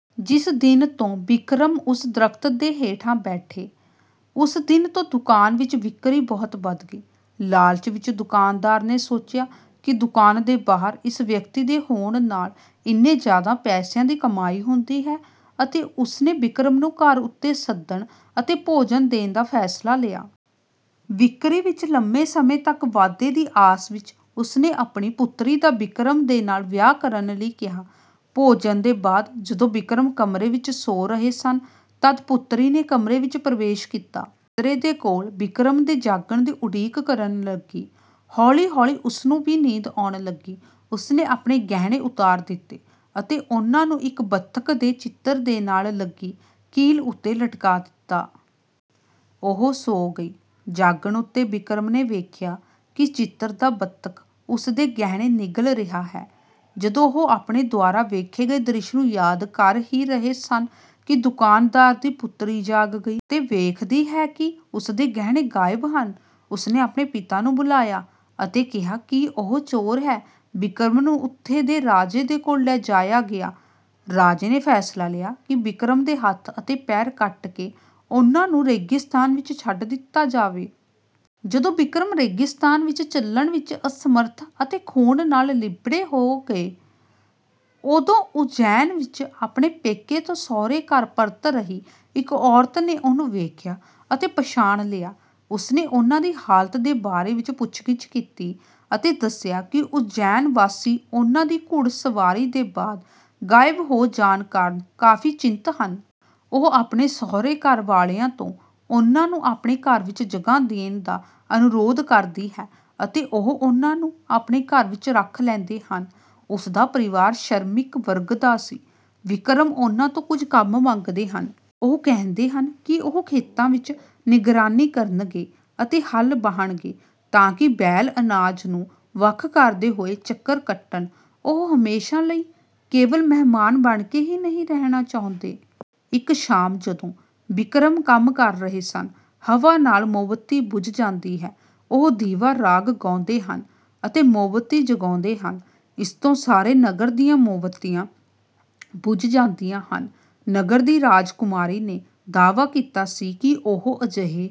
ਜਿਸ ਦਿਨ ਤੋਂ ਵਿਕਰਮ ਉਸ ਦਰਖਤ ਦੇ ਹੇਠਾਂ ਬੈਠੇ, ਉਸ ਦਿਨ ਤੋਂ ਦੁਕਾਨ ਵਿੱਚ ਵਿਕਰੀ ਬਹੁਤ ਵੱਧ ਗਈ। ਲਾਲਚ ਵਿੱਚ ਦੁਕਾਨਦਾਰ ਨੇ ਸੋਚਿਆ ਕਿ ਦੁਕਾਨ ਦੇ ਬਾਹਰ ਇਸ ਵਿਅਕਤੀ ਦੇ ਹੋਣ ਨਾਲ ਇੰਨੇ ਜ਼ਿਆਦਾ ਪੈਸਿਆਂ ਦੀ ਕਮਾਈ ਹੁੰਦੀ ਹੈ ਅਤੇ ਉਸਨੇ ਵਿਕਰਮ ਨੂੰ ਘਰ ਉੱਤੇ ਸੱਦਣ ਅਤੇ ਭੋਜਨ ਦੇਣ ਦਾ ਫ਼ੈਸਲਾ ਲਿਆ। ਵਿਕਰੀ ਵਿੱਚ ਲੰਬੇ ਸਮੇਂ ਤੱਕ ਵਾਧੇ ਦੀ ਆਸ ਵਿੱਚ, ਉਸਨੇ ਆਪਣੀ ਪੁਤਰੀ ਦਾ ਵਿਕਰਮ ਦੇ ਨਾਲ ਵਿਆਹ ਕਰਨ ਲਈ ਕਿਹਾ। ਭੋਜਨ ਦੇ ਬਾਅਦ ਜਦੋਂ ਵਿਕਰਮ ਕਮਰੇ ਵਿੱਚ ਸੌ ਰਹੇ ਸਨ, ਤਦ ਪੁਤਰੀ ਨੇ ਕਮਰੇ ਵਿੱਚ ਪ੍ਰਵੇਸ਼ ਕੀਤਾ। ਉਹ ਬਿਸਤਰੇ ਦੇ ਕੋਲ ਵਿਕਰਮ ਦੇ ਜਾਗਣ ਦੀ ਉਡੀਕ ਕਰਨ ਲੱਗੀ। ਹੌਲੀ-ਹੌਲੀ ਉਸ ਨੂੰ ਵੀ ਨੀਂਦ ਆਉਣ ਲੱਗੀ। ਉਸਨੇ ਆਪਣੇ ਗਹਿਣੇ ਉਤਾਰ ਦਿੱਤੇ ਅਤੇ ਉਨ੍ਹਾਂ ਨੂੰ ਇੱਕ ਬੱਤਖ ਦੇ ਚਿੱਤਰ ਦੇ ਨਾਲ ਲੱਗੀ ਕੀਲ ਉੱਤੇ ਲਟਕਾ ਦਿੱਤਾ। ਉਹ ਸੌ ਗਈ। ਜਾਗਣ ਉੱਤੇ ਵਿਕਰਮ ਨੇ ਵੇਖਿਆ ਕਿ ਚਿੱਤਰ ਦਾ ਬੱਤਖ ਉਸਦੇ ਗਹਿਣੇ ਨਿਗਲ ਰਿਹਾ ਹੈ। ਜਦੋਂ ਉਹ ਆਪਣੇ ਦੁਆਰਾ ਵੇਖੇ ਗਏ ਦ੍ਰਿਸ਼ ਨੂੰ ਯਾਦ ਕਰ ਹੀ ਰਹੇ ਸਨ ਕਿ ਦੁਕਾਨਦਾਰ ਦੀ ਪੁਤਰੀ ਜਾਗ ਗਈ। ਅਤੇ ਵੇਖਦੀ ਹੈ ਕਿ ਉਸਦੇ ਗਹਿਣੇ ਗਾਇਬ ਹਨ। ਉਸਨੇ ਆਪਣੇ ਪਿਤਾ ਨੂੰ ਬੁਲਾਇਆ ਅਤੇ ਕਿਹਾ ਕਿ ਉਹ ਚੋਰ ਹੈ। ਵਿਕਰਮ ਨੂੰ ਉੱਥੇ ਦੇ ਰਾਜੇ ਦੇ ਕੋਲ ਲੈ ਜਾਇਆ ਗਿਆ। ਰਾਜੇ ਨੇ ਫ਼ੈਸਲਾ ਲਿਆ ਕਿ ਵਿਕਰਮ ਦੇ ਹੱਥ ਅਤੇ ਪੈਰ ਕੱਟ ਕੇ ਉਨ੍ਹਾਂ ਨੂੰ ਰੇਗਿਸਤਾਨ ਵਿੱਚ ਛੱਡ ਦਿੱਤਾ ਜਾਵੇ। ਜਦੋਂ ਵਿਕਰਮ ਰੇਗਿਸਤਾਨ ਵਿੱਚ ਚੱਲਣ ਵਿੱਚ ਅਸਮਰਥ ਅਤੇ ਖੂਨ ਨਾਲ ਲਿਬੜੇ ਹੋ ਗਏ, ਉਦੋਂ ਉੱਜੈਨ ਵਿੱਚ ਆਪਣੇ ਪੇਕੇ ਤੋਂ ਸਹੁਰਾ-ਘਰ ਪਰਤ ਰਹੀ ਇੱਕ ਔਰਤ ਨੇ ਉਨ੍ਹਾਂ ਨੂੰ ਵੇਖਿਆ ਅਤੇ ਪਛਾਣ ਲਿਆ। ਉਸਨੇ ਉਨ੍ਹਾਂ ਦੀ ਹਾਲਤ ਦੇ ਬਾਰੇ ਵਿੱਚ ਪੁੱਛਗਿੱਛ ਕੀਤੀ ਅਤੇ ਦੱਸਿਆ ਕਿ ਉੱਜੈਨਵਾਸੀ ਉਨ੍ਹਾਂ ਦੀ ਘੁੜਸਵਾਰੀ ਦੇ ਬਾਅਦ ਗਾਇਬ ਹੋ ਜਾਣ ਕਾਰਨ ਕਾਫ਼ੀ ਚਿੰਤ ਹਨ। ਉਹ ਆਪਣੇ ਸਹੁਰੇ-ਘਰ ਵਾਲਿਆਂ ਤੋਂ ਉਨ੍ਹਾਂ ਨੂੰ ਆਪਣੇ ਘਰ ਵਿੱਚ ਜਗ੍ਹਾ ਦੇਣ ਦਾ ਅਨੁਰੋਧ ਕਰਦੀ ਹੈ ਅਤੇ ਉਹ ਉਨ੍ਹਾਂ ਨੂੰ ਆਪਣੇ ਘਰ ਵਿੱਚ ਰੱਖ ਲੈਂਦੇ ਹਨ। ਉਸਦਾ ਪਰਿਵਾਰ ਸ਼ਰਮਿਕ ਵਰਗ ਦਾ ਸੀ। ਵਿਕਰਮ ਉਨ੍ਹਾਂ ਤੋਂ ਕੁਝ ਕੰਮ ਮੰਗਦੇ ਹਨ। ਉਹ ਕਹਿੰਦੇ ਹਨ ਕਿ ਉਹ ਖੇਤਾਂ ਵਿੱਚ ਨਿਗਰਾਨੀ ਕਰਨਗੇ ਅਤੇ ਹਲ ਵਾਹਣਗੇ ਤਾਂ ਕਿ ਬੈਲ ਅਨਾਜ ਨੂੰ ਵੱਖ ਕਰਦੇ ਹੋਏ ਚੱਕਰ ਕੱਟਣ। ਉਹ ਹਮੇਸ਼ਾ ਲਈ ਕੇਵਲ ਮਹਿਮਾਨ ਬਣ ਕੇ ਹੀ ਨਹੀਂ ਰਹਿਣਾ ਚਾਹੁੰਦੇ। ਇੱਕ ਸ਼ਾਮ ਜਦੋਂ ਵਿਕਰਮ ਕੰਮ ਕਰ ਰਹੇ ਸਨ, ਹਵਾ ਨਾਲ ਮੋਮਬੱਤੀ ਬੁਝ ਜਾਂਦੀ ਹੈ। ਉਹ ਦੀਵਾ ਰਾਗ ਗਾਉਂਦੇ ਹਨ ਅਤੇ ਮੋਮਬੱਤੀ ਜਗਾਉਂਦੇ ਹਨ। ਇਸ ਤੋਂ ਸਾਰੇ ਨਗਰ ਦੀਆਂ ਮੋਮਬੱਤੀਆਂ ਬੁਝ ਜਾਂਦੀਆਂ ਹਨ। ਨਗਰ ਦੀ ਰਾਜਕੁਮਾਰੀ ਨੇ ਦਾਅਵਾ ਕੀਤਾ ਸੀ ਕਿ ਉਹ ਅਜਿਹੇ